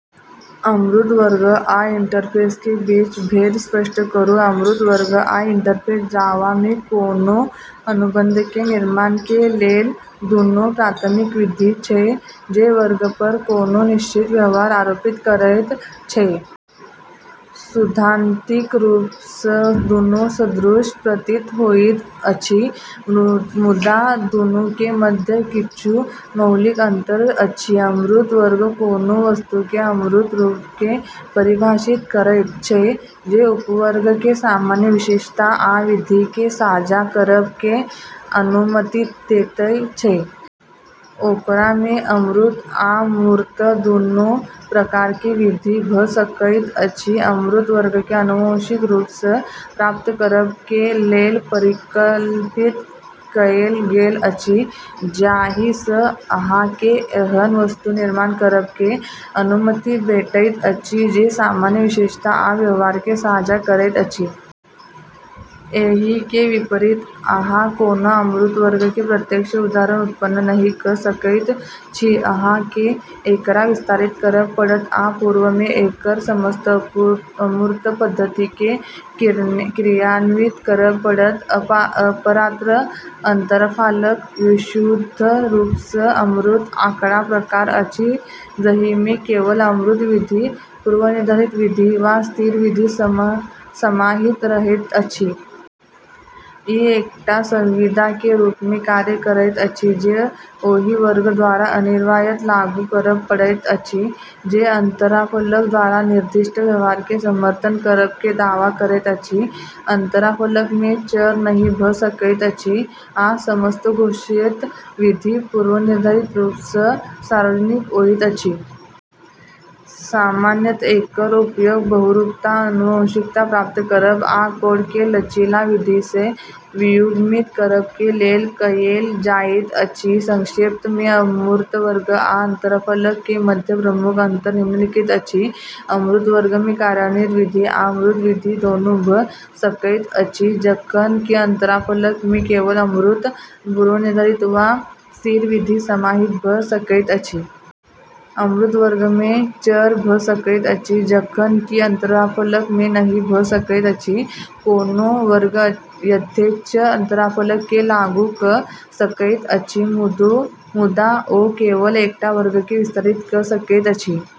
अमूर्त वर्ग आ इंटरफेस के बीच भेद स्पष्ट करू। अमूर्त वर्ग आ इंटरफ़ेस जावा मे कोनो अनुबंध के निर्माण के लेल दुनू प्राथमिक विधि छै, जे वर्ग पर कोनो निश्चित व्यवहार आरोपित करैत छै। सैद्धांतिक रूप सँ दुनू सदृश प्रतीत होइत अछि, मुदा दुनू के मध्य किछु मौलिक अंतर अछि। अमूर्त वर्ग कोनो वस्तु के अमूर्त रूप के परिभाषित करैत छै, जे उपवर्ग के सामान्य विशेषता आ विधि के साझा करब के अनुमति दैत छै। ओकरा में अमूर्त आ मूर्त दुनू प्रकार के विधि भऽ सकैत अछि। अमूर्त वर्ग के आनुवंशिक रूप सँ प्राप्त करब के लेल परिकल्पित कएल गेल अछि, जाहि सँ अहाँ केँ एहन वस्तु निर्माण करब के अनुमति भेटैत अछि जे सामान्य विशेषता आ व्यवहार के साझा करैत अछि। एहि के विपरीत, अहाँ कोनो अमूर्त वर्ग के प्रत्यक्ष उदाहरण उत्पन्न नहि कऽ सकैत छी; अहाँ केँ एकरा विस्तारित करब पड़त आ पूर्व में एकर समस्त अमूर्त पद्धति के क्रियान्वित करब पड़त। अपरात्र, अंतराफलक विशुद्ध रूप सँ अमूर्त आँकड़ा प्रकार अछि जहि में केवल अमूर्त विधि, पूर्वनिर्धारित विधि, वा स्थिर विधि समाहित रहैत अछि। ई एकटा संविदा के रूप में कार्य करैत अछि जे ओहि वर्ग द्वारा अनिवार्यतः लागू करब पड़ैत अछि जे अंतराफलक द्वारा निर्दिष्ट व्यवहार के समर्थन करब के दावा करैत अछि। अंतराफलक में चर नहि भऽ सकैत अछि, आ समस्त घोषित विधि पूर्वनिर्धारित रूप सँ सार्वजनिक होइत अछि। सामान्यतः एकर उपयोग बहुरूपता, आनुवंशिकता प्राप्त करब, आ कोड के लचीला विधि सँ वियुग्मित करब के लेल कएल जाइत अछि। संक्षेप में, अमूर्त वर्ग आ अंतराफलक के मध्य प्रमुख अंतर निम्नलिखित अछि: अमूर्त वर्ग में कार्यन्वित विधि आ अमूर्त विधि, दुनू भऽ सकैत अछि, जखन कि अंतराफलक में केवल अमूर्त, पूर्वनिर्धारित वा स्थिर विधि समाहित भऽ सकैत अछि। अमूर्त वर्ग में चर भऽ सकैत अछि, जखन कि अंतराफलक में नहि भऽ सकैत अछि। कोनो वर्ग यथेच्छ अंतराफलक के लागू कऽ सकैत अछि, मुदा ओ केवल एकटा वर्ग के विस्तारित कऽ सकैत अछि।